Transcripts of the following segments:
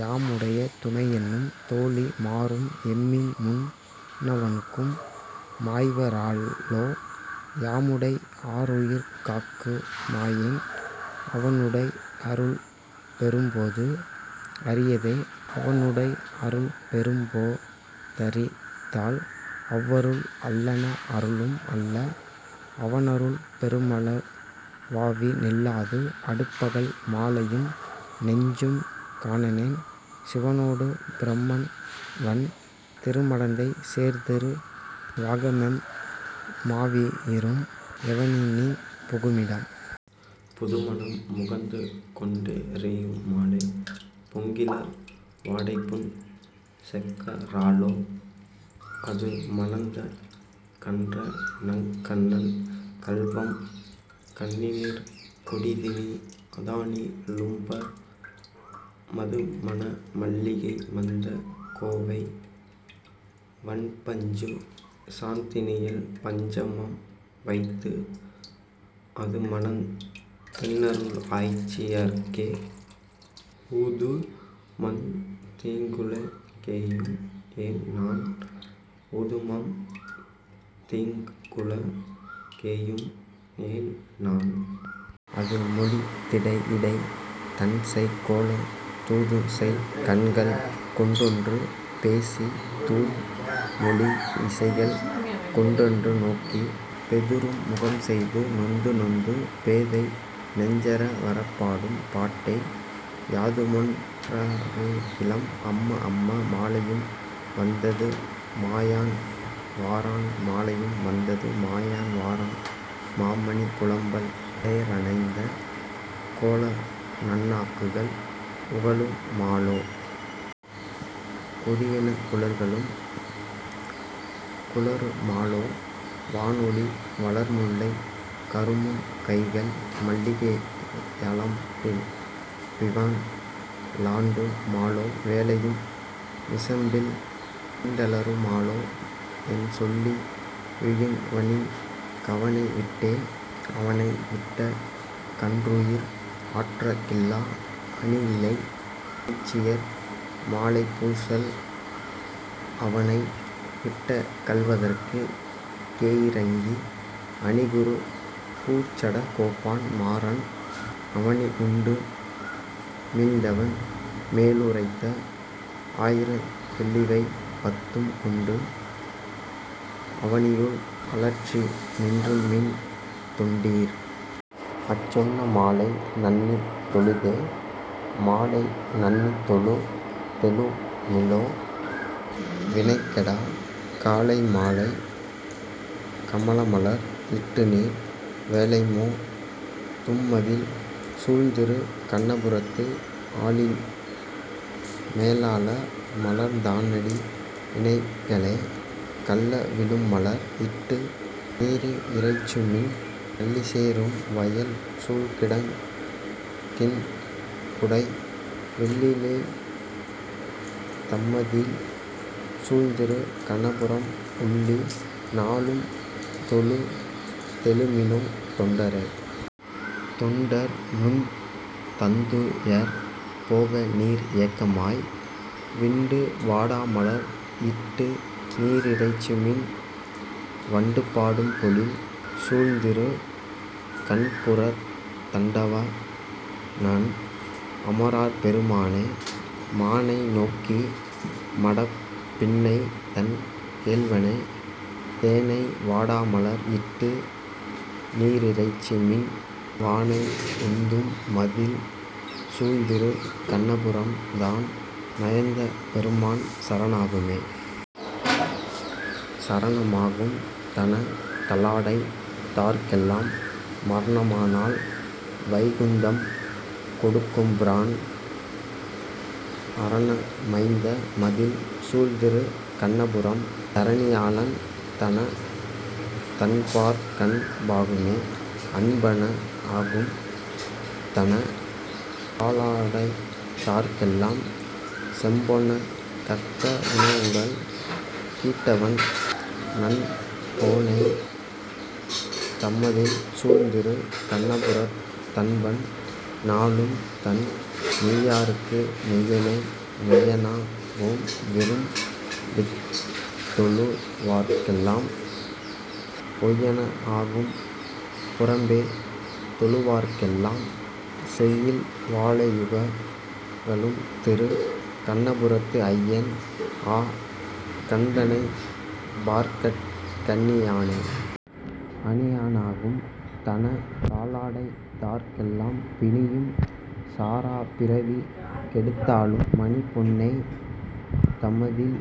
யாமுடை துணையென்னும் தோழி மாரும் எம்மின்முன் னவனுக்கு மாய்வ ராலோ, யாமுடை ஆருயிர் காக்கு மாறென்? அவனுடை யருள்பெ றும்போது அரிதே.. அவனுடை யருள்பெ றும்போ தரிதால் அவ்வருள் அல்லன அருளும் அல்ல, அவனருள் பெறுமள வாவி நில்லாது அடுபகல் மாலையும் நெஞ்சும் காணேன் சிவனொடு பிரமன்வண் திரும டந்தை சேர்திரு வாகமெம் மாவி யீரும், எவனினிப் புகுமிடம்? புதுமணம் முகந்துகொண் டெறியு மாலோ. பொங்கிள வாடைபுன் செக்க ராலோ, அதுமணந் தகன்றநங் கண்ணன் கள்வம் கண்ணினிற் கொடிதினி அதனி லும்பர், மதுமன மல்லிகை மந்தக் கோவை வண்பசுஞ் சாந்தினில் பஞ்ச மம்வைத்து, அதுமணந் தின்னருள் ஆய்ச்சி யர்க்கே ஊதுமத் தீங்குழற் கேயுய் யேன்நான்.. ஊதுமத் தீங்குழற் கேயுய் யேன்நான். அதுமொழிந் திடையிடைத் தஞ்செய் கோலத், தூதுசெய் கண்கள்கொண் டொன்று பேசித் தூமொழி யிசைகள்கொண் டொன்று நோக்கி, பேதுறும் முகம்செய்து நொந்து நொந்து பேதைநெஞ் சறவறப் பாடும் பாட்டை, யாதுமொன் றறிகிலம் அம்ம அம்ம. மாலையும் வந்தது மாயன் வாரான்.. மாலையும் வந்தது மாயன் வாரான் மாமணி புலம்பல் லேற ணைந்த, கோலநன் னாகுகள் உகளு மாலோ. கொடியென குழல்களும் குழறுமாலோ, வாலொளி வளர்முல்லை கருமு கைகள் மல்லிகை யலம்பிவண் டாலு மாலோ, வேலையும் விசம்பில்விண் டலறு மாலோ. என்சொல்லி யுய்வனிங் கவனை விட்டே? அவனைவிட் டகன்றுயிர் ஆற்ற கில்லா அணியிழை ஆய்ச்சியர் மாலைப் பூசல், அவனைவிட் டகல்வதற் கேயி ரங்கி அணிகுரு கூர்ச்சட கோபன் மாறன், அவனியுண் டுமிழ்ந்தவன் மேலு ரைத்த ஆயிரத் துள்ளிவை பத்தும் கொண்டு, அவனியுள் அலற்றிநின் றுய்ம்மின் தொண்டீர். அச்சொன்ன மாலை நண்ணித் தொழுதே. மாலைநண் ணித்தொழு தெழுமினோ வினைகெட, காலைமா லைகம லமலர் இட்டுநீர், வேலைமோ தும்மதிள் சூழ்திருக் கண்ணபுரத்து, ஆலின்மே லாலமர்ந் தானடி யிணைகளே.. கள்ளவி ழும்மலர் இட்டுநீ ரிறைஞ்சுமின், நள்ளிசே ரும்வயல் சூழ்கிடங் கின்புடை, வெள்ளீயேய்ந் தமதிள் சூழ்திருக் கண்ணபுரம் உள்ளி, நா ளும்தொழு தெழுமினோ தொண்டரே.. தொண்டர். நுந் தந்துயர் போகநீர் ஏகமாய், விண்டுவா டாமலர் இட்டுநீ ரிறைஞ்சுமின், வண்டுபா டும்பொழில் சூழ்திருக் கண்புரத் தண்டவா ணன், அம ரர்பெரு மானையே.. மானைநோக் கிமடப் பின்னைதன் கேள்வனை, தேனைவா டாமலர் இட்டுநீ ரிறைஞ்சுமின், வானையுந் தும்மதிள் சூழ்திருக் கண்ணபுரம், தான் நயந் தபெரு மான் சரணாகவே.. சரணமா கும்தன தாளடைந் தார்க்கெலாம், மரணமா னால்வைகுந் தம்கொடுக் கும்பிரான், அரணமைந் தமதிள் சூழ்திருக் கண்ணபுரம், தரணியா ளன், தன தன்பர்க்கன் பாகுமே.. அன்பனா கும்தன தாளடைந் தார்க்கெலாம், செம்பொனா கத்தவு ணனுடல் கீண்டவன், நன்பொனேய்ந் தமதிள் சூழ்திருக் கண்ணபுரத் தன்பன், நா ளும்தன் மெய்யர்க்கு மெய்யனே.. மெய்யனா கும்விரும் பித்தொழு வார்க்கெலாம், பொய்யனா கும்புற மேதொழு வார்க்கெலாம், செய்யில்வா ளையுக ளும்திருக் கண்ணபுரத்து ஐயன், ஆ கத்தணைப் பார்கட் கணியனே.. அணியனா கும்தன தாளடைந் தார்க்கெலாம், பிணியும் சாரா பிறவி கெடுத்தாளும், மணிபொனேய்ந் தமதிள்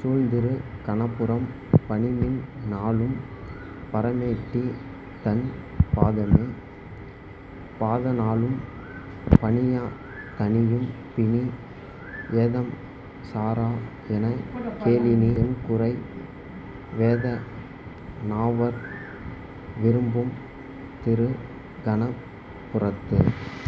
சூழ்திருக் கணபுரம் பணிமின், நா ளும்பர மேட்டிதன் பாதமே.. பாதநா ளும்பணி யத்தணி யும்பிணி, ஏதம்சா ராஎனக் கேலினி யென்குறை?, வேதநா வர்விரும் பும்திருக் கணபுரத்து